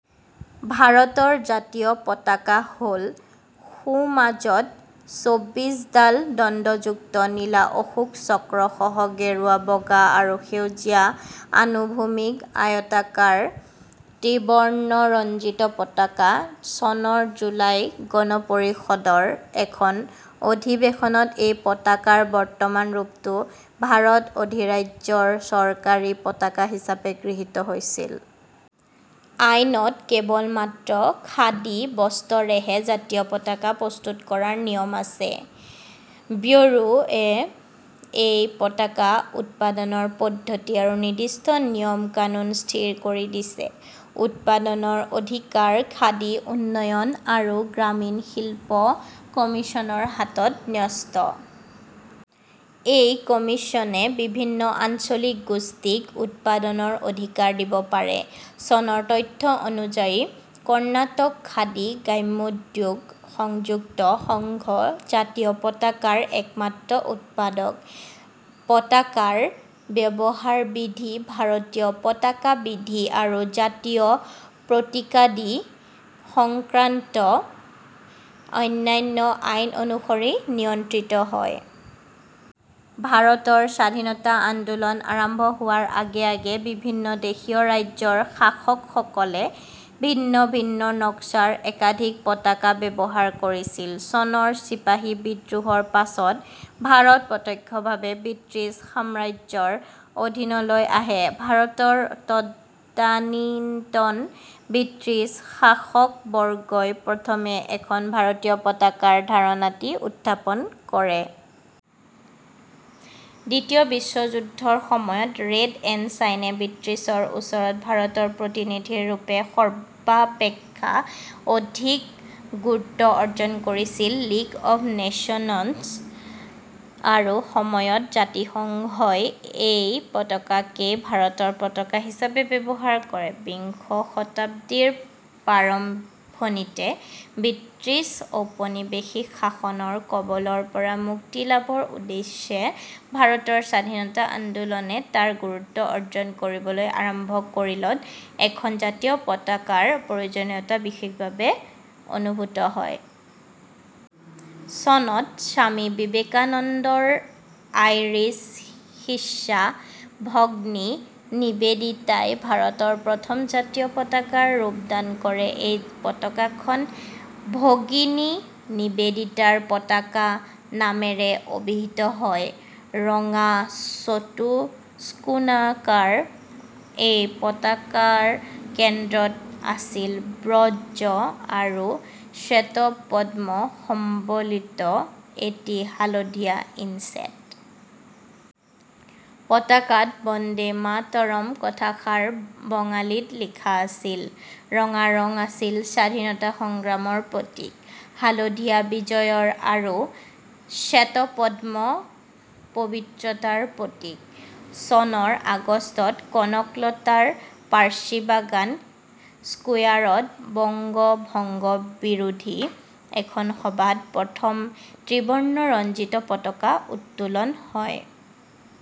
ভাৰতৰ জাতীয় পতাকা হ'ল সোঁমাজত চৌব্বিশডাল দণ্ডযুক্ত নীলা অশোক চক্ৰ সহ গেৰুৱা, বগা আৰু সেউজীয়া আনুভূমিক আয়তাকাৰ ত্ৰিবৰ্ণৰঞ্জিত পতাকা। চনৰ জুলাই গণপৰিষদৰ এখন অধিবেশনত এই পতাকাৰ বৰ্তমান ৰূপটো ভাৰত অধিৰাজ্য ৰ চৰকাৰী পতাকা হিচাবে গৃহীত হৈছিল। আইনত:, কেৱলমাত্ৰ খাদী বস্ত্ৰৰেহে জাতীয় পতাকা প্ৰস্তুত কৰাৰ নিয়ম আছে। ব্যুৰো ৱে এই পতাকা উৎপাদনৰ পদ্ধতি আৰু নিৰ্দিষ্ট নিয়ম-কানুন স্থিৰ কৰি দিছে। উৎপাদনৰ অধিকাৰ খাদী উন্নয়ন আৰু গ্ৰামীণ শিল্প কমিশ্যন ৰ হাতত ন্যস্ত। এই কমিশ্যনে বিভিন্ন আঞ্চলিক গোষ্ঠীক উৎপাদনৰ অধিকাৰ দিব পাৰে। চনৰ তথ্য অনুযায়ী, কৰ্ণাটক খাদী গ্ৰামোদ্যোগ সংযুক্ত সংঘ জাতীয় পতাকাৰ একমাত্ৰ উৎপাদক। পতাকাৰ ব্যৱহাৰবিধি " ভাৰতীয় পতাকাবিধি " আৰু জাতীয় প্ৰতীকাদি সংক্ৰান্ত অন্যান্য আইন অনুসৰি নিয়ন্ত্ৰিত হয়। ভাৰতৰ স্বাধীনতা আন্দোলন আৰম্ভ হোৱাৰ আগে আগে বিভিন্ন দেশীয় ৰাজ্যৰ শাসকসকলে ভিন্ন ভিন্ন নক্সাৰ একাধিক পতাকা ব্যৱহাৰ কৰিছিল। চনৰ চিপাহী বিদ্ৰোহ ৰ পাছত ভাৰত প্ৰত্যক্ষভাৱে ব্ৰিটিছ সাম্ৰাজ্যৰ অধীনলৈ আহে। ভাৰতৰ তদানীন্তন ব্ৰিটিছ শাসকবৰ্গই প্ৰথমে এখন ভাৰতীয় পতাকাৰ ধাৰণাটি উত্থাপন কৰে। দ্বিতীয় বিশ্বযুদ্ধ ৰ সময়ত ৰেড এনচাইনে ব্ৰিটিছৰ ওচৰত ভাৰতৰ প্ৰতিনিধিৰৰূপে সৰ্বাপেক্ষা অধিক গুৰুত্ব অৰ্জন কৰিছিল। লিগ অফ নেশ্যনচ আৰু - সময়ত জাতিসংঘ ই এই পতাকাকেই ভাৰতৰ পতাকা হিচাপে ব্যৱহাৰ কৰে। বিংশ শতাব্দীৰ প্ৰাৰম্ভণিতে ব্ৰিটিচ ঔপনিবেশিক শাসনৰ কবলৰ পৰা মুক্তিলাভৰ উদ্দেশ্যে ভাৰতৰ স্বাধীনতা আন্দোলনে তাৰ গুৰুত্ব অৰ্জন কৰিবলৈ আৰম্ভ কৰিলত, এখন জাতীয় পতাকাৰ প্ৰয়োজনীয়তা বিশেষভাৱে অনুভূত হয়। চনত স্বামী বিবেকানন্দ ৰ আইৰিচ শিষ্যা ভগ্নী নিবেদিতাই ভাৰতৰ প্ৰথম জাতীয় পতাকাৰ ৰূপদান কৰে। এই পতাকাখন ভগিনী নিবেদিতাৰ পতাকা নামেৰে অভিহিত হয়। ৰঙা চতুষ্কোণাকাৰ এই পতাকাৰ কেন্দ্ৰত আছিল বজ্ৰ আৰু শ্বেতপদ্ম সম্বলিত এটি হালধীয়া ইনচেট। পতাকাত "বন্দে মাতৰম" কথাষাৰ বঙালীত লিখা আছিল। ৰঙা ৰং আছিল স্বাধীনতা সংগ্ৰামৰ প্ৰতীক, হালধীয়া বিজয়ৰ আৰু শ্বেতপদ্ম পবিত্ৰতাৰ প্ৰতীক। চনৰ আগষ্টত কলকাতা ৰ পাৰ্চিবাগান স্কোয়াৰত বংগ ভংগ বিৰোধী এখন সভাত প্ৰথম ত্ৰিবৰ্ণৰঞ্জিত পতাকা উত্তোলিত হয়।